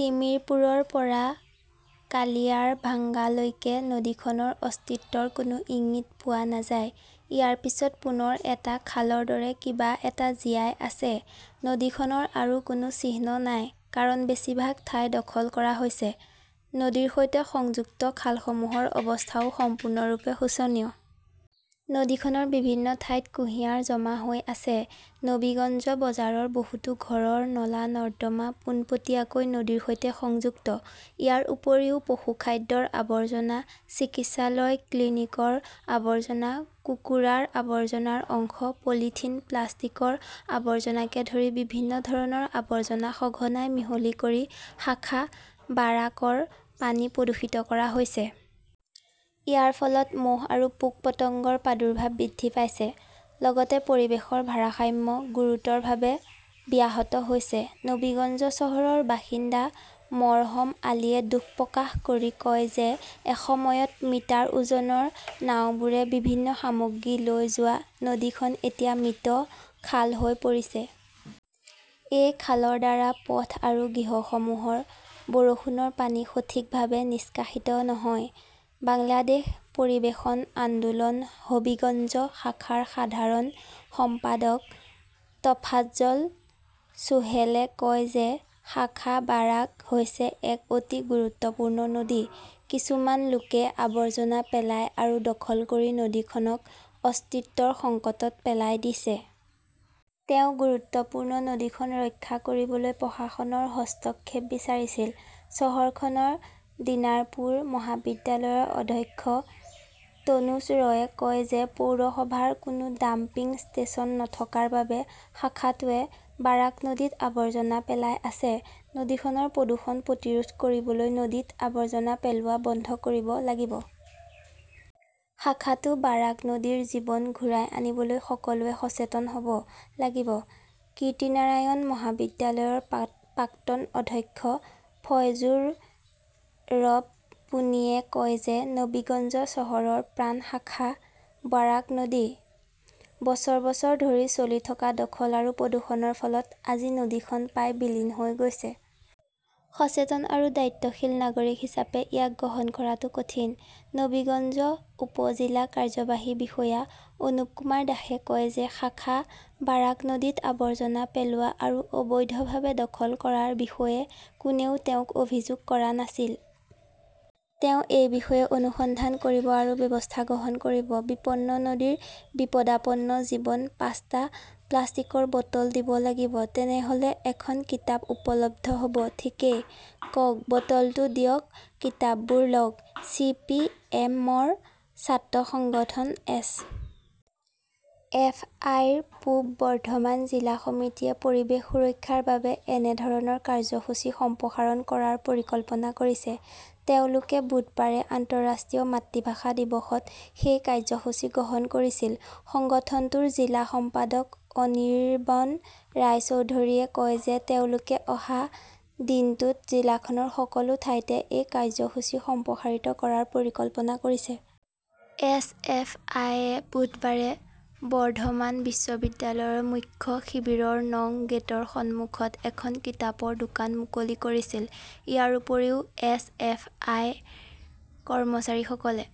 তিমিৰপুৰৰ পৰা কালিয়াৰভাঙ্গালৈকে নদীখনৰ অস্তিত্বৰ কোনো ইংগিত পোৱা নাযায়। ইয়াৰ পিছত পুনৰ এটা খালৰ দৰে কিবা এটা জীয়াই আছে। নদীখনৰ আৰু কোনো চিহ্ন নাই কাৰণ বেছিভাগ ঠাই দখল কৰা হৈছে। নদীৰ সৈতে সংযুক্ত খালসমূহৰ অৱস্থাও সম্পূৰ্ণৰূপে শোচনীয়। নদীখনৰ বিভিন্ন ঠাইত কুঁহিয়াৰ জমা হৈ আছে। নবীগঞ্জ বজাৰৰ বহুতো ঘৰৰ নলা-নৰ্দমা পোনপটীয়াকৈ নদীৰ সৈতে সংযুক্ত। ইয়াৰ উপৰিও, পশুখাদ্যৰ আৱৰ্জনা, চিকিৎসালয়-ক্লিনিকৰ আৱৰ্জনা, কুকুৰাৰ আৱৰ্জনাৰ অংশ, পলিথিন, প্লাষ্টিকৰ আৱৰ্জনাকে ধৰি বিভিন্ন ধৰণৰ আৱৰ্জনা সঘনাই মিহলি কৰি শাখা বাৰাকৰ পানী প্ৰদূষিত কৰা হৈছে। ইয়াৰ ফলত মহ আৰু পোক-পতংগৰ প্ৰাদুৰ্ভাৱ বৃদ্ধি পাইছে, লগতে পৰিৱেশৰ ভাৰসাম্য গুৰুতৰভাৱে ব্যাহত হৈছে। নবীগঞ্জ চহৰৰ বাসিন্দা মৰহম আলীয়ে দুখ প্ৰকাশ কৰি কয় যে এসময়ত মিটাৰ ওজনৰ নাওবোৰে বিভিন্ন সামগ্ৰী লৈ যোৱা নদীখন এতিয়া মৃত খাল হৈ পৰিছে। এই খালৰ দ্বাৰা পথ আৰু গৃহসমূহৰ বৰষুণৰ পানী সঠিকভাৱে নিষ্কাশিত নহয়। বাংলাদেশ পৰিৱেশন আন্দোলন হবিগঞ্জ শাখাৰ সাধাৰণ সম্পাদক টফাজ্জল চোহেলে কয় যে শাখা বাৰাক হৈছে এক অতি গুৰুত্বপূৰ্ণ নদী। কিছুমান লোকে আৱৰ্জনা পেলাই আৰু দখল কৰি নদীখনক অস্তিত্বৰ সংকটত পেলাই দিছে। তেওঁ গুৰুত্বপূৰ্ণ নদীখন ৰক্ষা কৰিবলৈ প্ৰশাসনৰ হস্তক্ষেপ বিচাৰিছিল। চহৰখনৰ দিনাৰপুৰ মহাবিদ্যালয়ৰ অধ্যক্ষ তনুজ ৰয়ে কয় যে পৌৰসভাৰ কোনো ডাম্পিং ষ্টেচন নথকাৰ বাবে শাখাটোৱে বাৰাক নদীত আৱৰ্জনা পেলাই আছে। নদীখনৰ প্ৰদূষণ প্ৰতিৰোধ কৰিবলৈ নদীত আৱৰ্জনা পেলোৱা বন্ধ কৰিব লাগিব। শাখাটো বাৰাক নদীৰ জীৱন ঘূৰাই আনিবলৈ সকলোৱে সচেতন হ 'ব লাগিব। কিৰ্তিনাৰায়ণ মহাবিদ্যালয়ৰ প্ৰাক্তন অধ্যক্ষ ফয়জুৰ ৰব পোনীয়ে কয় যে নবীগঞ্জ চহৰৰ প্ৰাণ শাখা বাৰাক নদী। বছৰ বছৰ ধৰি চলি থকা দখল আৰু প্ৰদূষণৰ ফলত আজি নদীখন প্ৰায় বিলীন হৈ গৈছে। সচেতন আৰু দায়িত্বশীল নাগৰিক হিচাপে ইয়াক গ্ৰহণ কৰাটো কঠিন। নবীগঞ্জৰ উপ-জিলা কাৰ্যবাহী বিষয়া অনুপ কুমাৰ দাসে কয় যে শাখা বাৰাক নদীত আৱৰ্জনা পেলোৱা আৰু অবৈধভাৱে দখল কৰাৰ বিষয়ে কোনেও তেওঁক অভিযোগ কৰা নাছিল। তেওঁ এই বিষয়ে অনুসন্ধান কৰিব আৰু ব্যৱস্থা গ্ৰহণ কৰিব। বিপন্ন নদীৰ বিপদাপন্ন জীৱন পাঁচটা প্লাষ্টিকৰ বটল দিব লাগিব। তেনেহ’লে এখন কিতাপ উপলব্ধ হ’ব। ঠিকেই কওক-বটলটো দিয়ক, কিতাপবোৰ লওক। চি. পি. এম. ৰ ছাত্ৰ সংগঠন এছ. এফ. আই. ৰ পূৱ বৰ্ধমান জিলা সমিতিয়ে পৰিৱেশ সুৰক্ষাৰ বাবে এনে ধৰণৰ কাৰ্যসূচী সম্প্ৰসাৰণ কৰাৰ পৰিকল্পনা কৰিছে। তেওঁলোকে বুধবাৰে আন্তঃৰাষ্ট্ৰীয় মাতৃভাষা দিৱসত সেই কাৰ্যসূচী গ্ৰহণ কৰিছিল। সংগঠনটোৰ জিলা সম্পাদক অনিৰবন ৰায়চৌধৰীয়ে কয় যে তেওঁলোকে অহা দিনটোত জিলাখনৰ সকলো ঠাইতে এই কাৰ্যসূচী সম্প্ৰসাৰিত কৰাৰ পৰিকল্পনা কৰিছে। এছ. এফ. আই. য়ে বুধবাৰে বৰ্ধমান বিশ্ববিদ্যালয়ৰ মুখ্য শিবিৰৰ নং গেটৰ সন্মুখত এখন কিতাপৰ দোকান মুকলি কৰিছিল। ইয়াৰ উপৰিও, এছ. এফ. আই. ৰ কৰ্মচাৰীসকলে